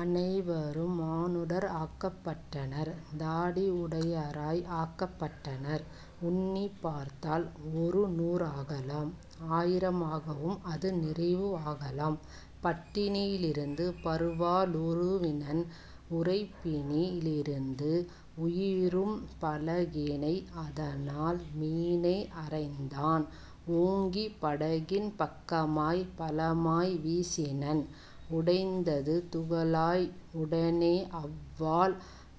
"அனைவரும் மானுடர் ஆக்கப் பட்டனர் தாடி உடையராய் ஆக்கப் பட்டனர் உன்னிப் பார்த்தால் ஒருநூ றாகலாம் ஆயிர மாகவும் அதுநிறை வாகலாம். " பட்டியி லிருந்து பருவா ளுருவினன் உறையினி லிருந்து உயரிரும் பலகினை அதனால் மீனை அறைந்தான் ஓங்கி படகின் பக்கமாய்ப் பலமாய் வீசினன்: உடைந்தது துகளாய் உடனே அவ்வாள்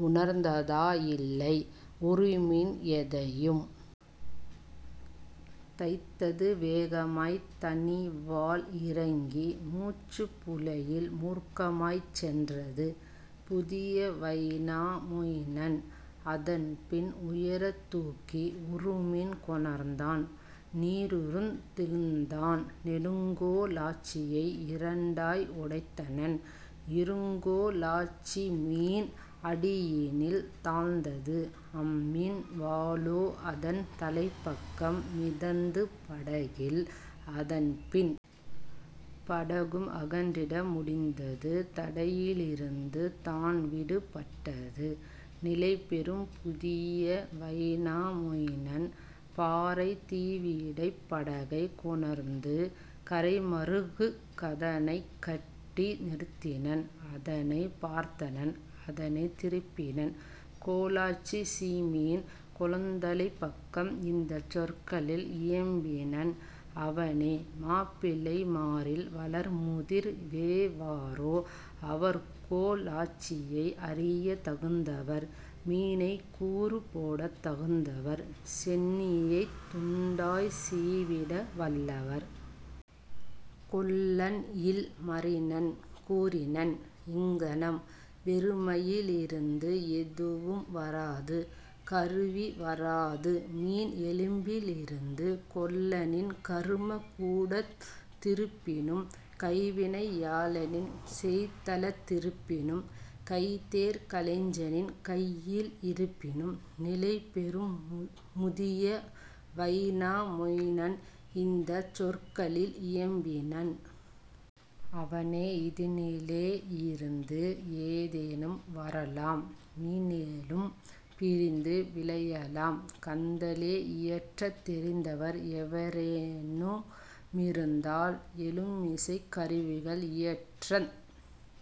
உணர்ந்ததா யில்லை உறுமீன் எதையும். தைத்தது வேகமாய்த் தனிவாள் இறங்கி மூச்சுப் புழையில் மூர்க்கமாய்ச் சென்றது; முதிய வைனா மொயினன் அதன்பின் உயரத் தூக்கி உறுமீன் கொணர்ந்தான் நீரிருந் திழுத்தான் நெடுங்கோ லாச்சியை இரண்டாய் உடைத்தனன் இருங்கோ லாச்சிமீன் அடியினில் தாழ்ந்தது அம்மீன் வாலோ அதன் தலைப்பக்கம் மிதந்தது படகில். அதன்பின் படகும் அகன்றிட முடிந்தது தடையி லிருந்தது தான்விடு பட்டது; நிலைபெறும் முதிய வைனா மொயினன் பாறைத் தீவிடைப் படகைக் கொணர்ந்து கரைமருங் கதனைக் கட்டி நிறுத்தினன் அதனைப் பார்த்தனன் அதனைத் திருப்பினன் கோலாச் சிமீன் கொழுந்தலைப் பக்கம் இந்தச் சொற்களில் இயம்பினன் அவனே: "மாப்பிள்ளை மாரில் வளர்முதிர் வெவரோ அவர்கோ லாச்சியை அரியத் தகுந்தவர் மீனைக் கூறு போடத் தகுந்தவர் சென்னியைத் துண்டாய்ச் சீவிட வல்லவர். " கொல்லன்இல் மரினன் கூறினன் இங்ஙனம்: "வெறுமையி லிருந்து எதுவும் வராது கருவி வராதுமீன் எலும்பினி லிருந்து கொல்லனின் கருமக் கூடத் திருப்பினும் கைவினை யாளனின் செய்தலத் திருப்பினும் கைதேர் கலைஞனின் கையில் இருப்பினும். " நிலைபெறும் முதிய வைனா மொயினன் இந்தச் சொற்களில் இயம்பினன் அவனே: "இதனிலே யிருந்து ஏதேனும் வரலாம் மீனெலும் பிருந்து விளையலாம் கந்தலே இயற்றத் தெரிந்தவர் எவரெனு மிருந்தால் எலும்பிசைக் கருவிகள் இயற்றத்